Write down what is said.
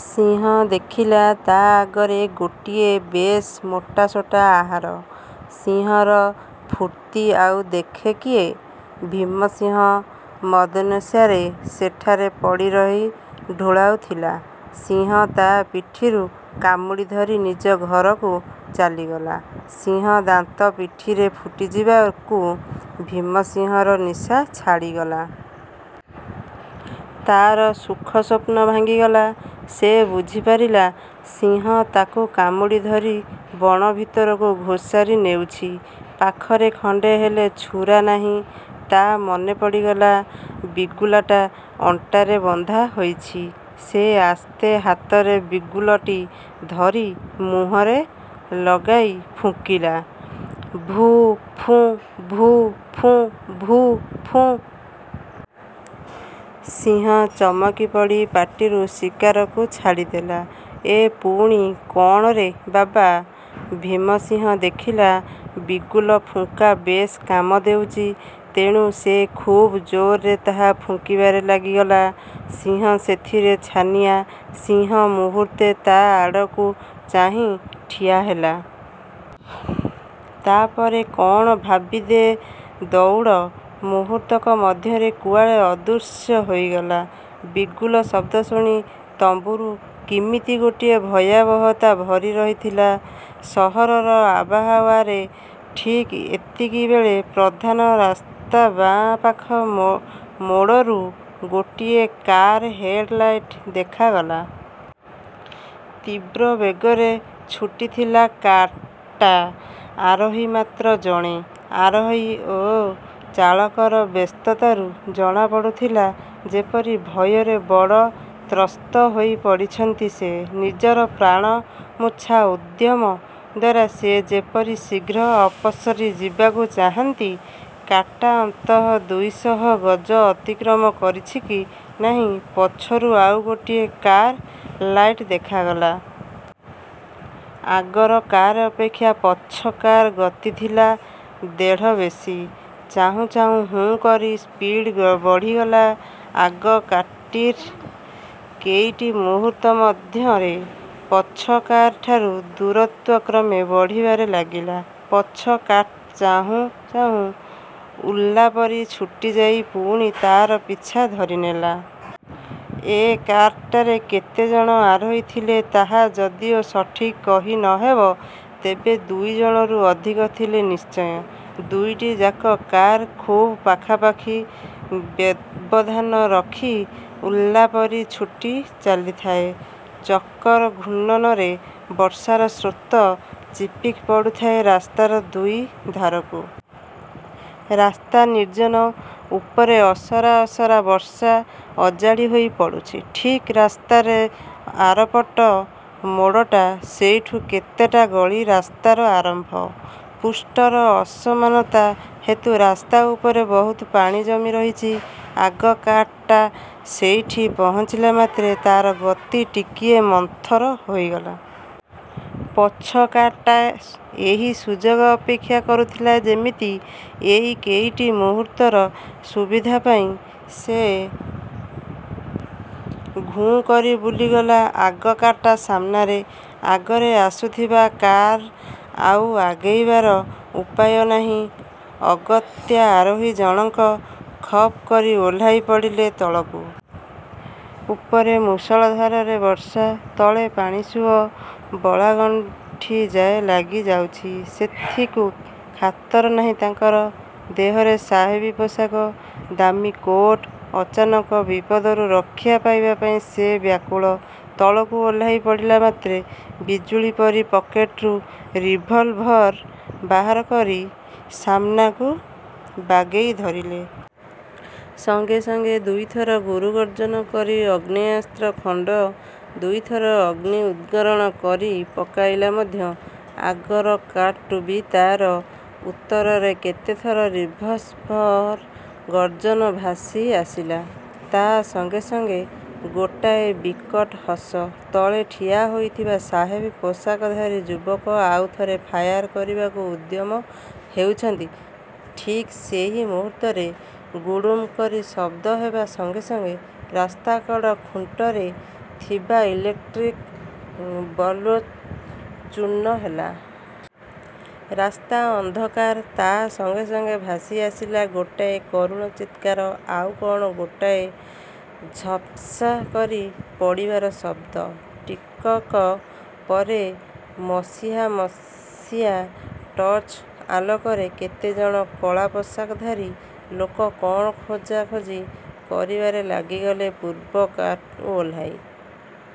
ସିଂହ ଦେଖିଲା, ତା' ଆଗରେ ଗୋଟିଏ ବେଶ୍ ମୋଟାସୋଟା ଆହାର। ସିଂହର ଫୁର୍ତ୍ତି ଆଉ ଦେଖେ କିଏ? ଭୀମ ସିଂହ ମଦନିଶାରେ ସେଠାରେ ପଡ଼ି ରହି ଢୁଳାଉଥିଲା। ସିଂହ ତା' ପିଠିରୁ କାମୁଡ଼ି ଧରି ନିଜ ଘରକୁ ଚାଲିଗଲା। ସିଂହ ଦାନ୍ତ ପିଠିରେ ଫୁଟିଯିବାକୁ ଭୀମସିଂହର ନିଶା ଛାଡ଼ିଗଲା। ତା'ର ସୁଖ ସ୍ୱପ୍ନ ଭାଙ୍ଗିଗଲା। ସେ ବୁଝିପାରିଲା, ସିଂହ ତାକୁ କାମୁଡ଼ି ଧରି ବଣ ଭିତରକୁ ଘୋଷାରି ନେଉଛି। ପାଖରେ ଖଣ୍ଡେ ହେଲେ ଛୁରା ନାହିଁ। ତା' ମନେ ପଡ଼ିଗଲା, ବିଗୁଲାଟା ଅଣ୍ଟାରେ ବନ୍ଧା ହୋଇଛି। ସେ ଆସ୍ତେ ହାତରେ ବିଗୁଲଟି ଧରି ମୁହଁରେ ଲଗାଇ ଫୁଙ୍କିଲା-ଭୁଁ ପୁଁ, ଭୁଁ ପୁଁ, ଭୁଁ ପୁଁ। ସିଂହ ଚମକିପଡ଼ି ପାଟିରୁ ଶିକାରକୁ ଛାଡ଼ିଦେଲା। ଏ ପୁଣି କଅଣରେ ବାବା! ଭୀମସିଂହ ଦେଖିଲା, ବିଗୁଲ ଫୁଙ୍କା ବେଶ୍ କାମ ଦେଉଚି। ତେଣୁ ସେ ଖୁବ୍ ଜୋରରେ ତାହା ଫୁଙ୍କିବାରେ ଲାଗିଗଲା। ସିଂହ ସେଥିରେ ଛାନିଆ। ସିଂହ ମୁହୂର୍ତ୍ତେ ତା' ଆଡ଼କୁ ଚାହିଁ ଠିଆ ହେଲା। ତା'ପରେ କଅଣ ଭାବି-ଦେ ଦଉଡ଼। ମୁହୂର୍ତ୍ତକ ମଧ୍ୟରେ କୁଆଡ଼େ ଅଦୃଶ୍ୟ ହୋଇଗଲା। ବିଗୁଲ ଶବ୍ଦ ଶୁଣି ତମ୍ବୁରୁ। କିମିତି ଗୋଟିଏ ଭୟାବହତା ଭରି ରହିଥିଲା ସହରର ଆବାହାଓ୍ୟାରେ। ଠିକ୍ ଏତିକି ବେଳେ ପ୍ରଧାନ ରାସ୍ତାର ବାଁ ପାଖ ମୋଡ଼ରୁ ଗୋଟିଏ କାର୍ର ହେଡ଼୍ ଲାଇଟ୍ ଦେଖାଗଲା। ତୀବ୍ର ବେଗରେ ଛୁଟିଥିଲା କାର୍ଟା। ଆରୋହୀ ମାତ୍ର ଜଣେ। ଆରୋହୀ ଓ ଚାଳକର ବ୍ୟସ୍ତତାରୁ ଜଣା ପଡ଼ୁଥିଲା, ଯେପରି ଭୟରେ ବଡ଼ ତ୍ରସ୍ତ ହୋଇ ପଡ଼ିଛନ୍ତି ସେ। ନିଜର ପ୍ରାଣ ମୂର୍ଚ୍ଛା ଉଦ୍ୟମ ଦ୍ୱାରା ସେ ଯେପରି ଶୀଘ୍ର ଅପସରି ଯିବାକୁ ଚାହାନ୍ତି। କାର୍ଟା ଅନ୍ତତଃ ଦୁଇଶହ ଗଜ ଅତିକ୍ରମ କରିଛି କି ନାହିଁ, ପଛରୁ ଆଉ ଗୋଟିଏ କାର୍ର ଲାଇଟ୍ ଦେଖାଗଲା। ଆଗର କାର୍ ଅପେକ୍ଷା ପଛ କାର୍ର ଗତି ଥିଲା ଢେର ବେଶୀ। ଚାହୁଁ ଚାହୁଁ ହୁ'କରି ସ୍ପିଡ଼୍ ବଢ଼ିଗଲା ଆଗ କାର୍ଟିର। କେଇଟି ମୁହୂର୍ତ୍ତ ମଧ୍ୟରେ ପଛ କାର୍ ଠାରୁ ଦୂରତ୍ୱ କ୍ରମେ ବଢ଼ିବାରେ ଲାଗିଲା। ପଛ କାର୍ଟା ଚାହୁଁ ଚାହୁଁ ଉଲ୍କା ପରି ଛୁଟି ଯାଇ ପୁଣି ତା'ର ପିଛା ଧରିନେଲା। ଏ କାର୍ଟାରେ କେତେ ଜଣ ଆରୋହୀ ଥିଲେ ତାହା ଯଦିଓ ସଠିକ୍ କହି ନହେବ, ତେବେ ଦୁଇଜଣରୁ ଅଧିକ ଥିଲେ ନିଶ୍ଚୟ। ଦୁଇଟି ଯାକ କାର୍ ଖୁବ୍ ପାଖାପାଖି ବ୍ୟବଧାନ ରଖି ଉଲ୍କା ପରି ଛୁଟି ଚାଲିଥାଏ। ଚକର ଘୂର୍ଣ୍ଣନରେ ବର୍ଷାର ସ୍ରୋତ ପିଚିକି ପଡ଼ୁଥାଏ ରାସ୍ତାର ଦୁଇ ଧାରକୁ। ରାସ୍ତା ନିର୍ଜନ; ଉପରେ ଅସରା ଅସରା ବର୍ଷା ଅଜାଡ଼ି ହୋଇ ପଡ଼ୁଛି। ଠିକ୍ ରାସ୍ତାର ଆରପଟ ମୋଡ଼ଟା। ସେଇଠୁ କେତେଟା ଗଳି ରାସ୍ତାର ଆରମ୍ଭ। ପୃଷ୍ଠର ଅସମାନତା ହେତୁ ରାସ୍ତା ଉପରେ ବହୁତ ପାଣି ଜମି ରହିଛି। ଆଗ କାର୍ଟା ସେଇଠି ପହଞ୍ଚିଲା ମାତ୍ରେ ତା'ର ଗତି ଟିକିଏ ମନ୍ଥର ହୋଇଗଲା। ପଛ କାର୍ଟା ଏହି ସୁଯୋଗ ଅପେକ୍ଷା କରୁଥିଲା ଯେମିତି। ଏଇ କେଇଟି ମୁହୂର୍ତ୍ତର ସୁବିଧା ପାଇ ସେ ଘୁଁ କରି ବୁଲିଗଲା ଆଗ କାର୍ର ସାମ୍ନାରେ। ଆଗରେ ଆସୁଥିବା କାର୍ର ଆଉ ଆଗେଇବାର ଉପାୟ ନାହିଁ। ଅଗତ୍ୟା ଆରୋହୀ ଜଣଙ୍କ ଖପ୍ କରି ଓହ୍ଲାଇ ପଡ଼ିଲେ ତଳକୁ। ଉପରେ ମୂଷଳ ଧାରାରେ ବର୍ଷା, ତଳେ ପାଣିସୁଅ ବଳାଗଣ୍ଠି ଯାଏ ଲାଗି ଯାଉଛି, ସେଥିକୁ ଖାତର ନାହିଁ ତାଙ୍କର। ଦେହରେ ସାହେବୀ ପୋଷାକ, ଦାମୀକୋଟ୍। ଅଚାନକ ବିପଦରୁ ରକ୍ଷା ପାଇବା ପାଇଁ ସେ ବ୍ୟାକୁଳ। ତଳକୁ ଓହ୍ଳାଇ ପଡ଼ିଲା ମାତ୍ରେ ବିଜୁଳି ପରି ପକେଟରୁ ରିଭଲଭର୍ ବାହାର କରି ସାମ୍ନାକୁ ବାଗେଇ ଧରିଲେ। ସଙ୍ଗେ ସଙ୍ଗେ ଦୁଇଥର ଗୁରୁଗର୍ଜନ କରି ଆଗ୍ନେୟାସ୍ତ୍ର ଖଣ୍ଡି ଦୁଇଥର ଅଗ୍ନି ଉଦ୍ଗିରଣ କରି ପକାଇଲା ମଧ୍ୟ। ଆଗର କାର୍ରୁ ବି ତା'ର ଉତ୍ତରରେ କେତେଥର ରିଭଲଭର୍ର ଗର୍ଜନ ଭାସି ଆସିଲା। ତା' ସଙ୍ଗେ ସଙ୍ଗେ ଗୋଟାଏ ବିକଟ ହସ। ତଳେ ଠିଆ ହୋଇଥିବା ସାହେବ ପୋଷାକଧାରୀ ଯୁବକ ଆଉ ଥରେ ଫାୟାର କରିବାକୁ ଉଦ୍ୟତ ହେଉଛନ୍ତି-ଠିକ୍ ସେଇ ମୁହୂର୍ତ୍ତରେ 'ଗୁଡ଼ୁମ୍' କରି ଶବ୍ଦ ହେବା ସଙ୍ଗେ ସଙ୍ଗେ ରାସ୍ତାକଡ଼ ଖୁଣ୍ଟରେ ଥିବା ଇଲେକ୍ଟ୍ରିକ୍ ବଲ୍ବ ଚୂର୍ଣ୍ଣ ହେଲା। ରାସ୍ତା ଅନ୍ଧକାର। ତା' ସଙ୍ଗେ ସଙ୍ଗେ ଭାସି ଆସିଲା ଗୋଟାଏ କରୁଣ ଚିତ୍କାର, ଆଉ କ'ଣ ଗୋଟାଏ ଝପାସ୍ କରି ପଡ଼ିବାର ଶବ୍ଦ। ଟିକକ ପରେ ମସିଆ ମସିଆ ଟର୍ଚ୍ଚ ଆଲୋକରେ କେତେଜଣ କଳା ପୋଷାକଧାରୀ ଲୋକ କ'ଣ ଖୋଜାଖୋଜି କରିବାରେ ଲାଗିଗଲେ ପୂର୍ବ କାର୍ରୁ ଓହ୍ଲାଇ।